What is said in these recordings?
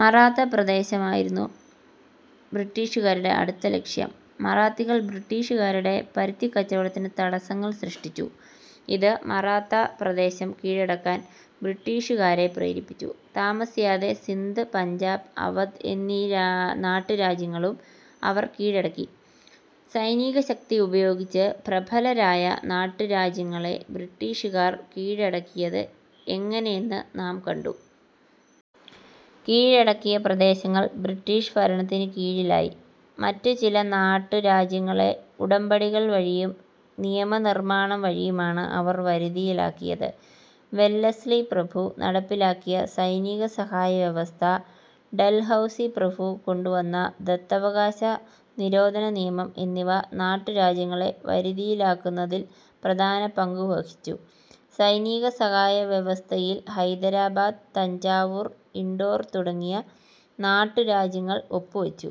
മറാത്ത പ്രദേശമായിരുന്നു ബ്രിട്ടീഷുകാരുടെ അടുത്ത ലക്ഷ്യം. മറാത്തികൾ ബ്രിട്ടീഷുകാരുടെ പരുത്തിക്കച്ചവടത്തിന് തടസ്സങ്ങൾ സൃഷ്ടിച്ചു. ഇത് മറാത്താ പ്രദേശം കീഴടക്കാൻ ബ്രിട്ടീഷുകാരെ പ്രേരിപ്പിച്ചു. താമസിയാതെ സിന്ധ്, പഞ്ചാബ്, അവധ് എന്നീ നാട്ടുരാജ്യങ്ങളും അവർ കീഴടക്കി. സൈനികശക്തി ഉപയോഗിച്ച് പ്രബലരായ നാട്ടുരാജ്യങ്ങളെ ബ്രിട്ടീഷുകാർ കീഴടക്കിയത് എങ്ങനെയെന്ന് നാം കണ്ടു. കീഴടക്കിയ പ്രദേശങ്ങൾ ബ്രിട്ടീഷ് ഭരണത്തിനു കീഴിലായി. മറ്റുചില നാട്ടുരാജ്യങ്ങളെ ഉടമ്പടികൾ വഴിയും നിയമനിർമ്മാണം വഴിയുമാണ് അവർ വരു തിയിലാക്കിയത്. വെല്ലസ്ലി പ്രഭു നടപ്പിലാക്കിയ സൈനിക സഹായ വ്യവസ്ഥ, ഡൽഹൗസി പ്രഭു കൊണ്ടുവന്ന "ദത്തവകാശ നിരോധനനിയമം' എന്നിവ നാട്ടുരാജ്യങ്ങളെ വരുതിയിലാക്കുന്നതിൽ പ്രധാന പങ്കുവഹിച്ചു. സൈനികസഹായ വ്യവസ്ഥയിൽ ഹൈദരാബാദ്, തഞ്ചാവൂർ, ഇൻഡോർ തുടങ്ങിയ നാട്ടുരാജ്യങ്ങൾ ഒപ്പുവച്ചു.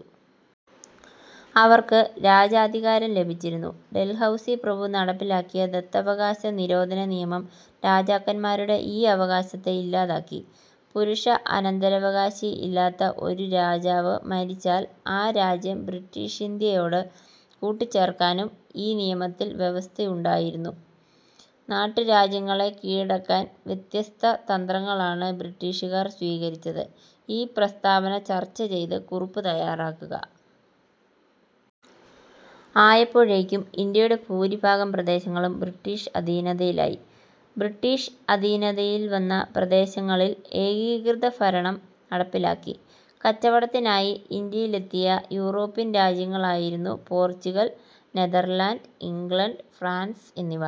അവർക്ക് രാജാധികാരം ലഭിച്ചിരുന്നു. ഡൽഹൗസി പ്രഭു നടപ്പിലാക്കിയ ദത്തവകാശ നിരോധനിയമം രാജാക്കന്മാരുടെ ഈ അവകാശത്തെ ഇല്ലാതാക്കി. പുരുഷ അനന്തരാവകാശി ഇല്ലാതെ ഒരു രാജാവ് മരിച്ചാൽ ആ രാജ്യം ബ്രിട്ടീഷിന്ത്യയോട് കൂട്ടിച്ചേർക്കാനും ഈ നിയമത്തിൽ വ്യവസ്ഥയുണ്ടായിരുന്നു. നാട്ടുരാജ്യങ്ങളെ കീഴടക്കാൻ വ്യത്യസ്ത തന്ത്രങ്ങളാണ് ബ്രിട്ടീഷുകാർ സ്വീകരിച്ചത്. ഈ പ്രസ്താവന ചർച്ചചെയ്ത് കുറിപ്പ് തയ്യാറാക്കുക. ആയപ്പോഴേക്കും ഇന്ത്യയുടെ ഭൂരിഭാഗം പ്രദേശങ്ങളും ബ്രിട്ടീഷ് അധീനതയിലായി. ബ്രിട്ടീഷ് അധീനതയിൽ വന്ന പ്രദേശങ്ങളിൽ ഏകീകൃതഭരണം നടപ്പിലാക്കി. കച്ചവടത്തിനായി ഇന്ത്യയിലെത്തിയ യൂറോപ്യൻ രാജ്യങ്ങളായിരുന്നു പോർച്ചുഗൽ, നെതർലാന്റ്സ്, ഇംഗ്ലണ്ട്, ഫ്രാൻസ് എന്നിവ.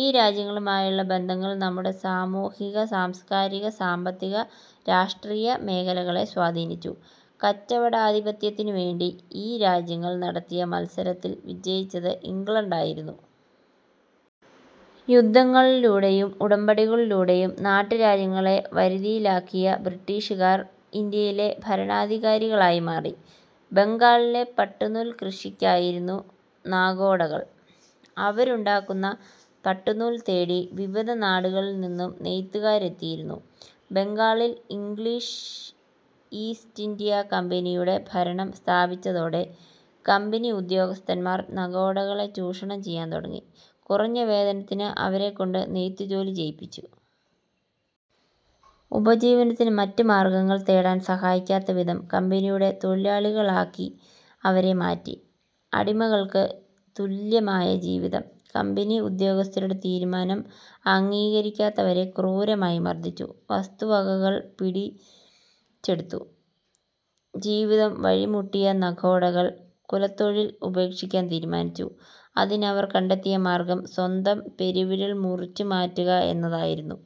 ഈ രാജ്യങ്ങളുമായുള്ള ബന്ധങ്ങൾ നമ്മുടെ സാമൂഹിക-സാംസ്കാരിക-സാമ്പത്തിക രാഷ്ട്രീയ മേഖലകളെ സ്വാധീനിച്ചു. കച്ചവടാധിപത്യത്തിനുവേണ്ടി ഈ രാജ്യങ്ങൾ നടത്തിയ മത്സരത്തിൽ വിജയിച്ചത് ഇംഗ്ലണ്ടായിരുന്നു. യുദ്ധങ്ങളിലൂടെയും ഉടമ്പടികളിലൂടെയും നാട്ടുരാജ്യങ്ങളെ വരുതിയിലാക്കിയ ബ്രിട്ടീഷുകാർ ഇന്ത്യയിലെ ഭരണാധികാരികളായി മാറി. ബംഗാളിലെ പട്ടുനൂൽ കൃഷിക്കാരായിരുന്നു നഗോഡകൾ. അവരുണ്ടാക്കുന്ന പട്ടുനൂൽ തേടി വിവിധ നാടുകളിൽനിന്ന് നെയ്ത്തുകാരെത്തിയിരുന്നു. ബംഗാളിൽ ഇംഗ്ലീഷ് ഈസ്റ്റിന്ത്യാ കമ്പനിയുടെ ഭരണം സ്ഥാപിച്ചതോടെ കമ്പനി ഉദ്യോഗസ്ഥന്മാർ നഗോഡകളെ ചൂഷണം ചെയ്യാൻ തുടങ്ങി. കുറഞ്ഞ വേതനത്തിന് അവരെക്കൊണ്ട് നെയ്ത്തുജോലി ചെയ്യിപ്പിച്ചു. ഉപജീവനത്തിന് മറ്റു മാർഗ്ഗങ്ങൾ തേടാൻ സാധിക്കാത്തവിധത്തിൽ കമ്പനിയുടെ തൊഴിലാളികളാക്കി അവരെ മാറ്റി. അടിമകൾക്ക് തുല്യമായ ജീവിതം! കമ്പനി ഉദ്യോഗസ്ഥരുടെ തീരുമാനം അംഗീകരിക്കാത്തവരെ ക്രൂരമായി മർദ്ദിച്ചു. വസ്തുവകകൾ പിടിച്ചെടുത്തു. ജീവിതം വഴിമുട്ടിയ നഗോഡകൾ കുലത്തൊഴിൽ ഉപേക്ഷിക്കാൻ തീരുമാനിച്ചു. അതിനവർ കണ്ടെത്തിയ മാർഗ്ഗം സ്വന്തം പെരുവിരൽ മുറിച്ചുമാറ്റുക എന്നതായിരുന്നു.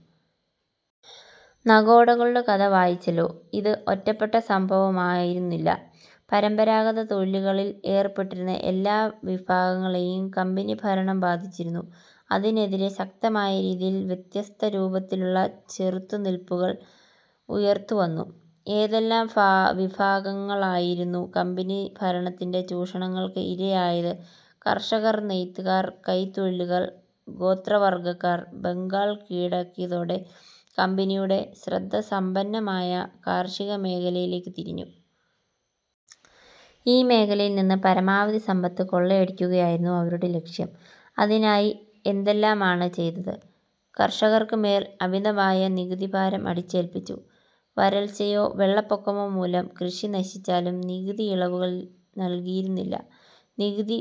നഗോഡകളുടെ കഥ വായിച്ചല്ലോ. ഇത് ഒറ്റപ്പെട്ട സംഭവമായിരുന്നില്ല. പരമ്പരാഗത തൊഴിലുകളിൽ ഏർപ്പെട്ടിരുന്ന എല്ലാ വിഭാഗങ്ങളെയും കമ്പനി ഭരണം ബാധിച്ചിരുന്നു. അതിനെതിരെ ശക്തമായ രീതിയിൽ വ്യത്യസ്ത രൂപത്തിലുള്ള ചെറുത്തു നിൽപ്പുകൾ ഉയർന്നുവന്നു. ഏതെല്ലാം വിഭാഗങ്ങളായിരുന്നു കമ്പനി ഭരണത്തിന്റെ ചൂഷണങ്ങൾക്ക് ഇരയായത് കർഷകർ, നെയ്ത്തുകാർ, കൈത്തൊഴിലുകാർ, ഗോത്രവർഗ്ഗക്കാർ. ബംഗാൾ കീഴടക്കിയതോടെ കമ്പനിയുടെ ശ്രദ്ധ സമ്പന്നമായ കാർഷികമേഖലയിലേക്ക് തിരിഞ്ഞു. ഈ മേഖലയിൽനിന്ന് പരമാവധി സമ്പത്ത് കൊള്ളയടിക്കുകയായിരുന്നു അവരുടെ ലക്ഷ്യം. അതിനായി അവരെന്തെല്ലാമാണ് ചെയ്തത്? കർഷകർക്കുമേൽ അമിതമായ നികുതിഭാരം അടിച്ചേൽപ്പിച്ചു. വരൾച്ചയോ വെള്ളപ്പൊക്കമോ മൂലം കൃഷി നശിച്ചാലും നികുതി ഇളവുകൾ നൽകിയിരുന്നില്ല. നികുതി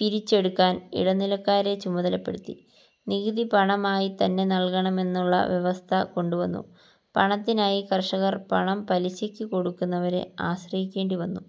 പിരിച്ചെടുക്കാൻ ഇടനിലക്കാരെ ചുമതലപ്പെടുത്തി. നികുതി പണമായിത്തന്നെ നൽകണമെന്നുള്ള വ്യവസ്ഥ കൊണ്ടുവന്നു. പണത്തിനായി കർഷകർ പണം പലിശയ്ക്ക് കൊടുക്കുന്നവരെ ആശ്രയിക്കേണ്ടിവന്നു.